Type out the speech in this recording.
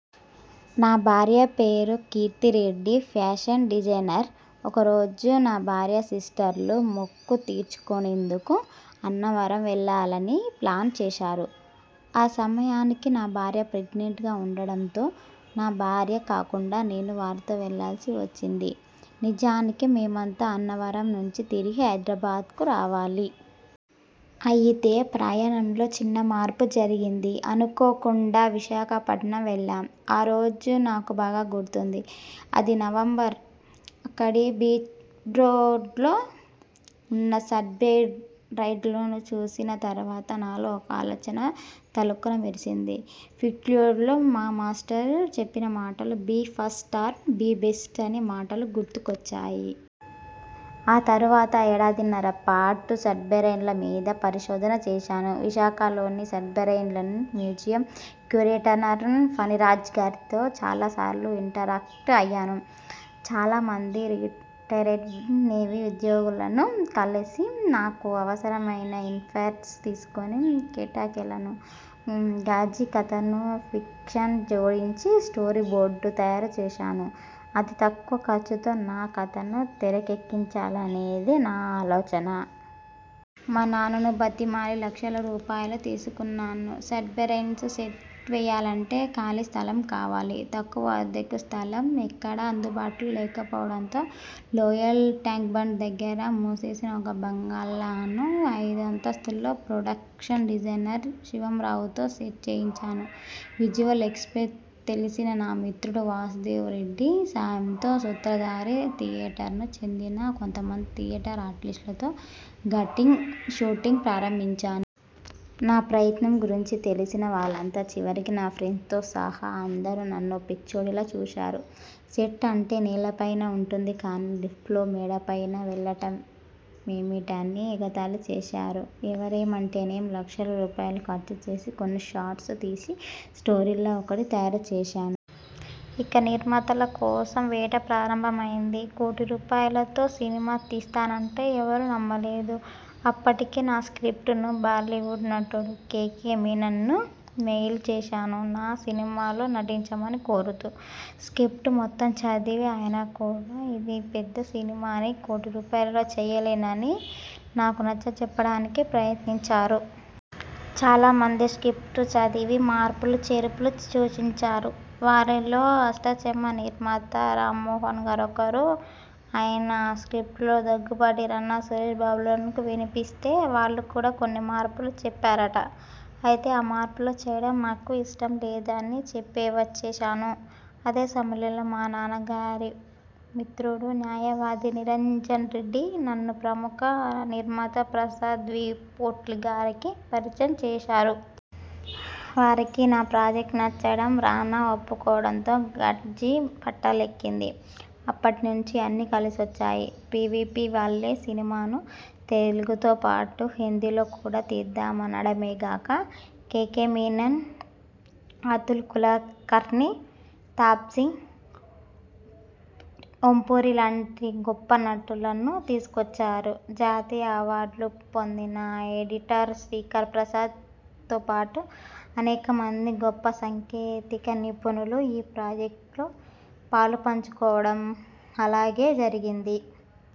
నా భార్య పేరు కీర్తి రెడ్డి. Fashion designer. ఒకరోజు నా భార్య సిస్టర్లు మొక్కు తీర్చుకునేందుకు అన్నవరం వెళ్లాలని ప్లాన్ చేశారు. ఆ సమయానికి నా భార్య ప్రెగ్నెంట్గా ఉండటంతో నా భార్య కాకుండా నేను వారితో వెళ్లాల్సి వచ్చింది. నిజానికి మేమంతా అన్నవరం నుంచి తిరిగి హైదరాబాద్కు రావాలి. అయితే ప్రయాణంలో చిన్న మార్పు జరిగింది అనుకోకుండా విశాఖపట్నం వెళ్లాం. ఆ రోజు నాకు బాగా గుర్తుంది. అది నవంబర్. అక్కడి బీచ్రోడ్లో ఉన్న సబ్మెరైన్ను చూసిన తర్వాత నాలో ఒక ఆలోచన తళుక్కున మెరిసింది. ఫిల్మ్స్కూల్లో మా మాస్టర్ చెప్పిన మాటలు 'be first or be best' అనే మాటలు గుర్తొచ్చాయి. ఆ తర్వాత ఏడాదిన్నర పాటు సబ్మెరైన్స్ మీద పరిశోధన చేశాను. విశాఖలోని సబ్మెరైన్ మ్యూజియం క్యూరేటర్ ఫణిరాజ్గారితో చాలాసార్లు ఇంటరాక్ట్ అయ్యాను. చాలామంది రిటైర్డ్ నేవీ ఉద్యోగులను కలిసి నాకు అవసరమైన ఇన్పుట్స్ తీసుకుని ఎట్టకేలకు 'ఘాజీ' కథకు ఫిక్షన్ జోడించి స్టోరీబోర్డ్ తయారుచేశాను. అతి తక్కువ ఖర్చుతో నా కథను తెరకెక్కించాలనేది నా ఆలోచన. మా నాన్నను బతిమాలి లక్షల రూపాయలు తీసుకున్నాను. 'సబ్మెరైన్' సెట్ వేయాలంటే ఖాళీ స్థలం కావాలి. తక్కువ అద్దెకు స్థలం ఎక్కడా అందుబాటులో లేకపోవడంతో లోయర్ టాంక్బండ్ దగ్గర మూసేసి ఉన్న ఒక బిల్డింగ్పైన ఐదో అంతస్తులో ప్రొడక్షన్ డిజైనర్ శివంరావుతో సెట్ వేయించాను. విజువల్ ఎఫెక్ట్స్ తెలిసిన నా మిత్రుడు వాసుదేవరెడ్డి సాయంతో, 'సూత్రధారి' థియేటర్కు చెందిన కొంతమంది థియేటర్ ఆర్టిస్టులతో 'ఘాటి' షూటింగ్ ప్రారంభించాను. నా ప్రయత్నం గురించి తెలిసిన వాళ్లంతా చివరికి నా ఫ్రెండ్స్తో సహా అందరూ నన్నో పిచ్చోడిలా చూశారు. సెట్ అంటే నేలపైన ఉంటుంది కానీ లిఫ్ట్లో మేడపైకి వెళ్లడమేమిటని ఎగతాళి చేశారు. ఎవరేమంటేనేం లక్షల రూపాయలు ఖర్చుచేసి కొన్ని షాట్స్ తీసి, షోరీల్ ఒకటి తయారుచేశాను. ఇక నిర్మాతల కోసం వేట ప్రారంభమైంది. కోటి రూపాయలతో సినిమా తీస్తానంటే ఎవరూ నమ్మలేదు. అప్పటికే నా స్ర్కిప్టును బాలీవుడ్ నటుడు కెకె మీనన్కు మెయిల్ చేశాను నా సినిమాలో నటించమని కోరుతూ. స్ర్కిప్టు మొత్తం చదివి ఆయన కూడా ఇది పెద్ద సినిమా అని, కోటి రూపాయల్లో చేయలేవని నాకు నచ్చజెప్పడానికి ప్రయత్నించారు. చాలామంది స్ర్కిప్టు చదివి మార్పులు చేర్పులు సూచించారు. వారిలో 'అష్టాచెమ్మా' నిర్మాత రామ్మోహన్గారొకరు. ఆయన ఆ స్ర్కిప్టును దగ్గుబాటి రానా, సురేష్బాబులకు వినిపిస్తే వాళ్లు కూడా కొన్ని మార్పులు చెప్పారట. అయితే ఆ మార్పులు చేయడం నాకిష్టం లేదని చెప్పి వచ్చేశాను. అదే సమయంలో మా నాన్నగారి మిత్రుడు, న్యాయవాది నిరంజన్రెడ్డి నన్ను ప్రముఖ నిర్మాత ప్రసాద్ వి పొట్లూరిగారికి పరిచయం చేశారు. వారికి నా ప్రాజెక్ట్ నచ్చడం, రానా ఒప్పుకోవడంతో 'ఘాజీ' పట్టాలెక్కింది. అప్పటి నుంచి అన్నీ కలిసొచ్చాయి. పీవీపీవాళ్లే సినిమాను తెలుగుతో పాటు హిందీలో కూడా తీద్దామనడమేగాక, కెకె మీనన్, అతుల్ కులకర్ణి, తాప్సీ, ఓంపురిలాంటి గొప్ప నటీనటులను తీసుకొచ్చారు. జాతీయ అవార్డులు పొందిన ఎడిటర్ శ్రీకర్ప్రసాద్తో పాటు అనేకమంది గొప్ప సాంకేతిక నిపుణులు ఈ ప్రాజెక్టులో పాలు పంచుకోవడం అలాగే జరిగింది.